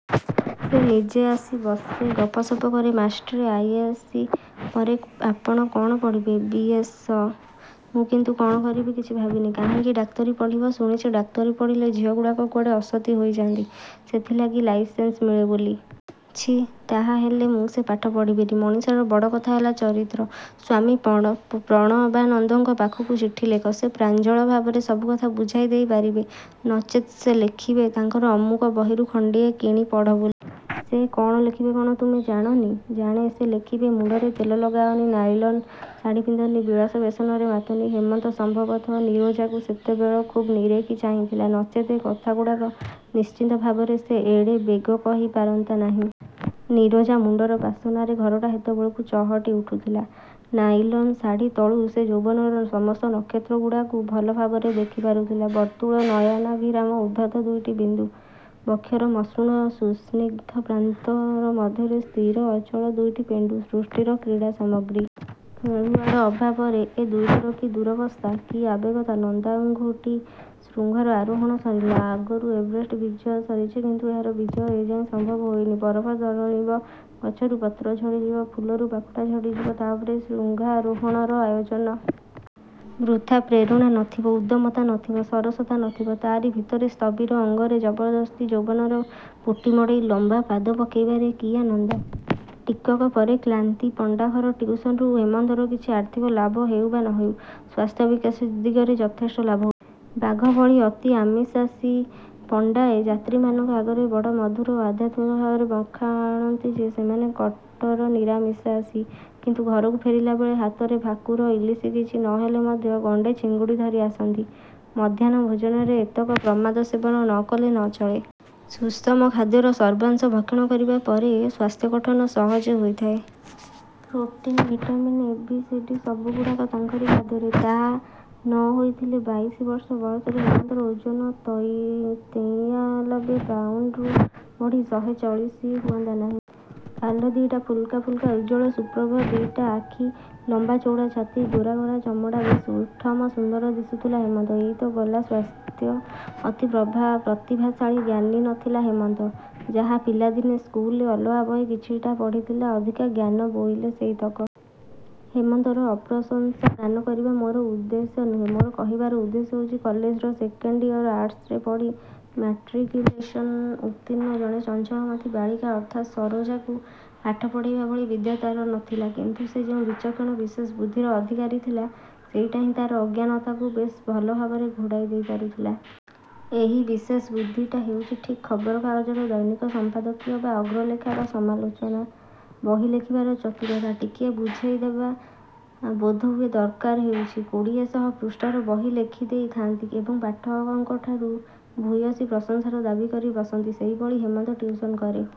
ସେ ନିଜେ ଆସି ବସେ, ଗପ ସପ କରେ ,ମାଷ୍ଟ୍ରେ ଆଇ. ଏସ୍. ସି. ପରେ ଆପଣ କ'ଣ ପଢ଼ିବେ? ବି. ଏସ୍. ସ। ମୁଁ କିନ୍ତୁ କ'ଣ କରିବି କିଛି ଭାବିନି। କାହିଁକି ଡାକ୍ତରୀ ପଢ଼ିବ। ଶୁଣିଚି, ଡାକ୍ତରୀ ପଢ଼ିଲେ, ଝିଅଗୁଡ଼ାକ କୁଆଡ଼େ ଅସତୀ ହୋଇଯାଆନ୍ତି, ସେଥିଲାଗି ଲାଇସେନ୍ସ ମିଳେ ବୋଲି। ଛି! ତାହାହେଲେ, ମୁଁ ସେ ପାଠ ପଢ଼ିବିନି। ମଣିଷର ବଡ଼ କଥା ହେଲା ଚରିତ୍ର | ସ୍ୱାମୀ ପ୍ରଣବାନନ୍ଦଙ୍କ ପାଖକୁ ଚିଠି ଲେଖ, ସେ ପ୍ରାଞ୍ଜଳ ଭାବରେ ସବୁ କଥା ବୁଝାଇ ଦେଇ ପାରିବେ। ନଚେତ ସେ ଲେଖିବେ, ତାଙ୍କର ଅମୁକ ବହିରୁ ଖଣ୍ଡିଏ କିଣି ପଢ଼ ବୋଲି। ସେ କ'ଣ ଲେଖିବେ କ'ଣ ତୁମେ ଜାଣନି? ଜାଣେ, ସେ ଲେଖିବେ, ମୁଣ୍ଡରେ ତେଲ ଲଗାଅନି, ନାଇଲନ ଶାଢ଼ି ପିନ୍ଧିନି, ବିଳାସ ବ୍ୟସନରେ ମାତନି। ହେମନ୍ତ ସମ୍ଭବତଃ ନିରୋଜାକୁ ସେତେବେଳ ଖୁବ୍ ନିରେଖି ଚାହିଁଥିଲା ନଚେତ୍ ଏ କଥାଗୁଡ଼ାକ ନିଶ୍ଚିନ୍ତ ଭାବରେ ସେ ଏଡ଼େବେଗ କହି ପାରନ୍ତା ନାହିଁ। ନିରୋଜା ମୁଣ୍ଡର ବାସନାରେ ଘରଟା ସେତେବେଳକୁ ଚହଟି ଉଠୁଥିଲା। ନାଇଲନ ଶାଢ଼ୀ ତଳୁ ସେ ଯୌବନର ସମସ୍ତ ନକ୍ଷତ୍ରଗୁଡ଼ାକୁ ଭଲ ଭାବରେ ଦେଖି ପାରୁଥିଲା। ବର୍ତ୍ତୁଳ ନୟନାଭିରାମ ଉଦ୍ଧତ ଦୁଇଟି ବିନ୍ଦୁ। ବକ୍ଷର ମସୃଣ ସୁସ୍ନିଗ୍ଧ ପ୍ରାନ୍ତର ମଧ୍ୟରେ ସ୍ଥିର ଅଚଳ ଦୁଇଟି ପେଣ୍ଡୁ। ସୃଷ୍ଟିର କ୍ରୀଡ଼ାସାମଗ୍ରୀ। ଖେଳୁଆଡ଼ ଅଭାବରେ ଏ ଦୁଇଟିର କି ଦୂରବସ୍ଥା! କି ଆବେଗତା, ନନ୍ଦାଙ୍ଘୁଟି ଶୃଙ୍ଗର ଆରୋହଣ ସରିଲା, ଆଗରୁ ଏଭେରେଷ୍ଟ୍ ବିଜୟ ସରିଚି କିନ୍ତୁ ଏହାର ବିଜୟ ଏଯାଏଁ ସମ୍ଭବ ହୋଇନି। ବରଫତରଳିବ, ଗଛରୁ ପତ୍ର ଝଡ଼ିଯିବ, ଫୁଲରୁ ପାଖୁଡ଼ା ଝଡ଼ିଯିବ, ତା ପରେ ଶୃଙ୍ଗାରୋହଣର ଆୟୋଜନ? ବୃଥା! ପ୍ରେରଣା ନଥିବ, ଉଦ୍ଦମତା ନ ଥିବ, ସରସତା ନଥିବ, ତାରି ଭିତରେ ସ୍ଥବିର ଅଙ୍ଗରେ ଜବରଦସ୍ତି ଯୌବନର ପୁଟି ମଡ଼େଇ ଲମ୍ବା ପାଦ ପକେଇବାରେ କି ଆନନ୍ଦ। ଟିକକ ପରେ କ୍ଲାନ୍ତି। ପଣ୍ଡା ଘର ଟିଉସନରୁ ହେମନ୍ତର କିଛି ଆର୍ଥିକ ଲାଭ ହେଉ ବା ନହେଉ, ସ୍ୱାସ୍ଥ୍ୟ ବିକାଶ ଦିଗରେ ଯଥେଷ୍ଟ ଲାଭ ହୋଇଥିଲା। ବାଘ ଭଳି ଅତି ଆମିଷାଶୀ ପଣ୍ଡାଏ, ଯାତ୍ରୀମାନଙ୍କ ଆଗରେ ବଡ଼ ମଧୁର ଓ ଅଧ୍ୟାତ୍ମିକ ଭାବରେ ବଖାଣନ୍ତି ଯେ, ସେମାନେ କଟ୍ଟର ନିରାମିଷାଶୀ କିନ୍ତୁ ଘରକୁ ଫେରିଲାବେଳେ ହାତରେ ଭାକୁର, ଇଲିସ କିଛି ନହେଲେ ମଧ୍ୟ ଗଣ୍ଡେ ଚିଙ୍ଗୁଡ଼ି ଧରି ଆସନ୍ତି। ମଧ୍ୟାହ୍ନ ଭୋଜନରେ ଏତକ ପ୍ରମାଦ ସେବନ ନ କଲେ ନ ଚଳେ। ସୁଷମ ଖାଦ୍ୟର ସର୍ବାଂଶ ଭକ୍ଷଣ କରିବା ପରେ ସ୍ୱାସ୍ଥ୍ୟଗଠନ ସହଜେ ହୋଇ ଥାଏ। Protein, vitamin, A. B. C. D ସବୁଗୁଡ଼ାକ ତାଙ୍କରି ଖାଦ୍ୟରେ। ତା'ନହୋଇ ଥିଲେ, ବାଇସି ବର୍ଷ ବୟସରେ ହେମନ୍ତର ଓଜନ ତୈଇଆଲବେ ପାଉଣ୍ଡରୁ ବଢ଼ି ଶହେ ଚଳିଶି ହୁଅନ୍ତା ନାହିଁ। ଗାଲ ଦିଇଟା ଫୁଲକା ଫୁଲକା, ଉଜ୍ଜ୍ୱଳ ସୁପ୍ରଭ ଦିଇଟା ଆଖି, ଲମ୍ବା ଚଉଡ଼ାଛାତି, ଗୋରା ଗୋରା ଚମଡ଼ା। ବେଶ ସୁଠମ ସୁନ୍ଦର ଦିଶୁଥିଲା ହେମନ୍ତ। ଏଇତ ଗଲା ସ୍ୱାସ୍ଥ୍ୟ! ଅତି ପ୍ରତିଭାଶାଳୀ ଜ୍ଞାନୀ ନଥିଲା ହେମନ୍ତ। ଯାହା ପିଲାଦିନେ ସ୍କୁଲରେ ଅଲଗା ବହି କିଛିଟା ପଢ଼ିଥିଲା, ଅଧିକା ଜ୍ଞାନ ବୋଇଲେ ସେଇତକ। ହେମନ୍ତର ଅପ୍ରଶଂସା ଗାନ କରିବା ମୋର ଉଦ୍ଦେଶ୍ୟ ନୁହେଁ। ମୋର କହିବାର ଉଦ୍ଦେଶ୍ୟ ହେଉଛି, କଲେଜର ସେକେଣ୍ଡ ଇଅର ଆର୍ଟସରେ ପଢ଼ି, ମାଟ୍ରିକୁଂଲେସନ ଉତ୍ତୀର୍ଣ୍ଣ ଜଣେ ଚଞ୍ଚଳମତି ବାଳିକା ଅର୍ଥାତ୍ ସରୋଜାକୁ ପାଠ ପଢ଼େଇବା ଭଳି ବିଦ୍ୟା ତାର ନଥିଲା କିନ୍ତୁ ସେ ଯେଉଁ ବିଚକ୍ଷଣ ବିଶେଷ ବୁଦ୍ଧିର ଅଧିକାରୀ ଥିଲା, ସେଇଟାହିଁ ତାର ଅଜ୍ଞାନତାକୁ ବେଶ ଭଲ ଭାବରେ ଘୋଡ଼ାଇ ଦେଇ ପାରୁଥିଲା। ଏହି ବିଶେଷ ବୁଦ୍ଧିଟା ହେଉଚି ଠିକ୍ ଖବର କାଗଜର ଦୈନିକ ସଂପାଦକୀୟ ବା ଅଗ୍ରଲେଖା ବା ସମାଲୋଚନା ବହି ଲେଖିବାର ଚତୁରତା। ଟିକିଏ ବୁଝେଇଦେବା ବୋଧହୁଏ ଦରକାର ହେଉଚି। କୋଡିଏଶହ ପୃଷ୍ଠାର ବହି ଲେଖି ଦେଇ ଥାଆନ୍ତି ଏବଂ ପାଠକଙ୍କଠାରୁ ଭୂୟସୀ ପ୍ରଶଂସା ର ଦାବୀ କରି ବସନ୍ତି, ସେହିଭଳି ହେମନ୍ତ ଟିଉସନ କରେ।